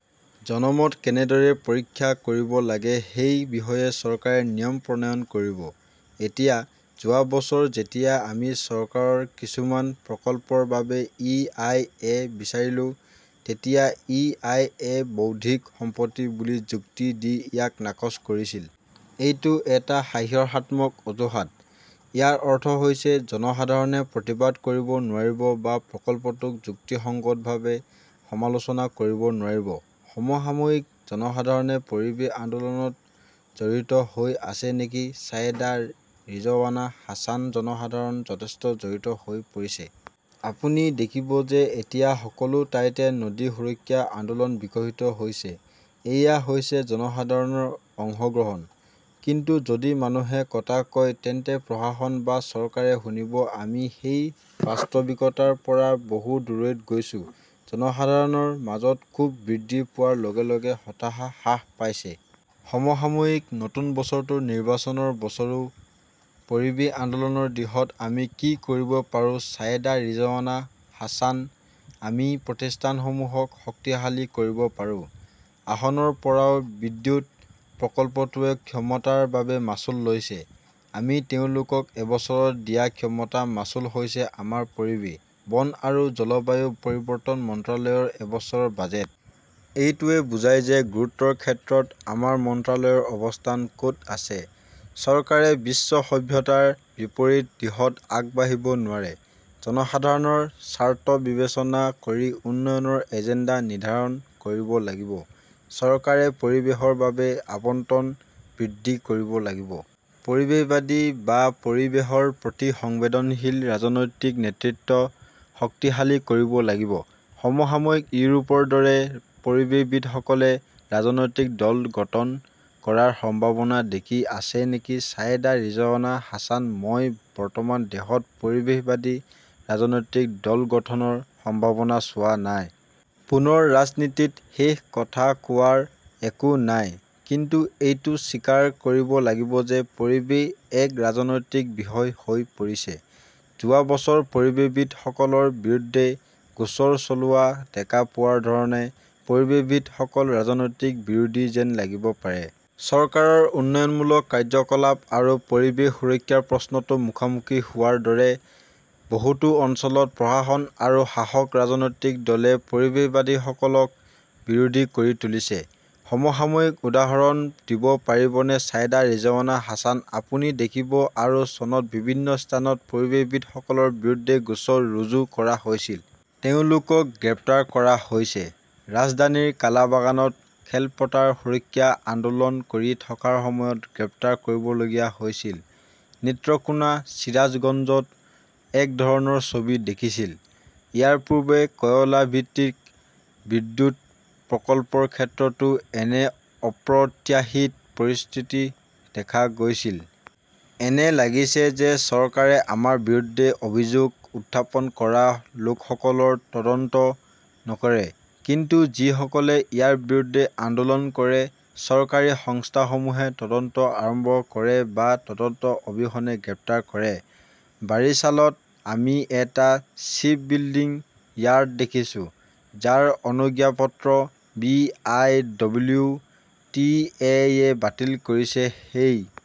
জনমত কেনেদৰে পৰীক্ষা কৰিব লাগে সেই বিষয়ে চৰকাৰে নিয়ম প্ৰণয়ন কৰিব। এতিয়া, যোৱা বছৰ যেতিয়া আমি চৰকাৰৰ কিছুমান প্ৰকল্পৰ বাবে ই. আই. এ. বিচাৰিছিলো, তেতিয়া ই. আই. এ. বৌদ্ধিক সম্পত্তি বুলি যুক্তি দি ইয়াক নাকচ কৰিছিল। এইটো এটা হাস্যৰসাত্মক অজুহাত। ইয়াৰ অৰ্থ হৈছে জনসাধাৰণে প্ৰতিবাদ কৰিব নোৱাৰিব বা প্ৰকল্পটোক যুক্তিসংগতভাৱে সমালোচনা কৰিব নোৱাৰিব। সমসাময়িকঃ জনসাধাৰণে পৰিৱেশ আন্দোলনত জড়িত হৈ আছে নেকি ছায়েদা ৰিজৱানা হাছান জনসাধাৰণ যথেষ্ট জড়িত হৈ পৰিছে। আপুনি দেখিব যে এতিয়া সকলো ঠাইতে নদী সুৰক্ষা আন্দোলন বিকশিত হৈছে। এয়া হৈছে জনসাধাৰণৰ অংশগ্ৰহণ। কিন্তু যদি মানুহে কথা কয় তেন্তে প্ৰশাসন বা চৰকাৰে শুনিব-আমি সেই বাস্তৱিকতাৰ পৰা বহু দূৰৈত গৈছো। জনসাধাৰণৰ মাজত ক্ষোভ বৃদ্ধি পোৱাৰ লগে লগে হতাশা হ্ৰাস পাইছে। সমসাময়িকঃ নতুন বছৰটো নিৰ্বাচনৰ বছৰো। পৰিৱেশ আন্দোলনৰ দিশত আমি কি কৰিব পাৰোঁ ছায়েদা ৰিজৱানা হাছানঃ আমি প্ৰতিষ্ঠানসমূহক শক্তিশালী কৰিব পাৰোঁ। আসনৰ পৰাও বিদ্যুৎ প্ৰকল্পটোৱে ক্ষমতাৰ বাবে মাচুল লৈছে। আমি তেওঁলোকক এবছৰত দিয়া ক্ষমতা মাচুল হৈছে আমাৰ পৰিৱেশ, বন আৰু জলবায়ু পৰিৱৰ্তন মন্ত্ৰালয়ৰ এবছৰৰ বাজেট। এইটোৱে বুজায় যে গুৰুত্বৰ ক্ষেত্ৰত আমাৰ মন্ত্ৰালয়ৰ অৱস্থান ক’ত আছে। চৰকাৰে বিশ্ব সভ্যতাৰ বিপৰীত দিশত আগবাঢ়িব নোৱাৰে। জনসাধাৰণৰ স্বাৰ্থ বিবেচনা কৰি উন্নয়নৰ এজেণ্ডা নিৰ্ধাৰণ কৰিব লাগিব। চৰকাৰে পৰিৱেশৰ বাবে আবণ্টন বৃদ্ধি কৰিব লাগিব। পৰিৱেশবাদী বা পৰিৱেশৰ প্ৰতি সংবেদনশীল ৰাজনৈতিক নেতৃত্ব শক্তিশালী কৰিব লাগিব। সমসাময়িক ইউৰোপৰ দৰে পৰিৱেশবিদসকলে ৰাজনৈতিক দল গঠন কৰাৰ সম্ভাৱনা দেখি আছে নেকি ছায়েদা ৰিজৱানা হাছান মই বৰ্তমান দেশত পৰিৱেশবাদী ৰাজনৈতিক দল গঠনৰ সম্ভাৱনা চোৱা নাই। পুনৰ ৰাজনীতিত শেষ কথা কোৱাৰ একো নাই। কিন্তু এইটো স্বীকাৰ কৰিব লাগিব যে পৰিৱেশ এক ৰাজনৈতিক বিষয় হৈ পৰিছে। যোৱা বছৰ পৰিৱেশবিদসকলৰ বিৰুদ্ধে গোচৰ চলোৱা দেখা পোৱাৰ ধৰণে পৰিৱেশবিদসকল ৰাজনৈতিক বিৰোধী যেন লাগিব পাৰে। চৰকাৰৰ উন্নয়নমূলক কাৰ্যকলাপ আৰু পৰিৱেশ সুৰক্ষাৰ প্ৰশ্নটো মুখামুখি হোৱাৰ দৰে। বহুতো অঞ্চলত প্ৰশাসন আৰু শাসক ৰাজনৈতিক দলে পৰিৱেশবাদীসকলক বিৰোধী কৰি তুলিছে। সমসাময়িকঃ উদাহৰণ দিব পাৰিবনে ছায়েদা ৰিজৱানা হাছান আপুনি দেখিব, আৰু চনত বিভিন্ন স্থানত পৰিৱেশবিদসকলৰ বিৰুদ্ধে গোচৰ ৰুজু কৰা হৈছিল। তেওঁলোকক গ্ৰেপ্তাৰ কৰা হৈছে। ৰাজধানীৰ কালাবাগানত খেলপথাৰ সুৰক্ষা আন্দোলন কৰি থকাৰ সময়ত গ্ৰেপ্তাৰ কৰিবলগীয়া হৈছিল। নীত্ৰকোনা, চিৰাজগঞ্জত একে ধৰণৰ ছবি দেখিছিল। ইয়াৰ পূৰ্বে কয়লা ভিত্তিক বিদ্যুৎ প্ৰকল্পৰ ক্ষেত্ৰতো এনে অপ্ৰত্যাশিত পৰিস্থিতি দেখা গৈছিল। এনে লাগিছে যে চৰকাৰে আমাৰ বিৰুদ্ধে অভিযোগ উত্থাপন কৰা লোকসকলৰ তদন্ত নকৰে। কিন্তু যিসকলে ইয়াৰ বিৰুদ্ধে আন্দোলন কৰে, চৰকাৰী সংস্থাসমূহে তদন্ত আৰম্ভ কৰে বা তদন্ত অবিহনে গ্ৰেপ্তাৰ কৰে। বাৰিশ্বালত আমি এটা শ্বিপবিল্ডিং য়াৰ্ড দেখিছো, যাৰ অনুজ্ঞাপত্ৰ B. I. W. T. A. য়ে বাতিল কৰিছে। সেই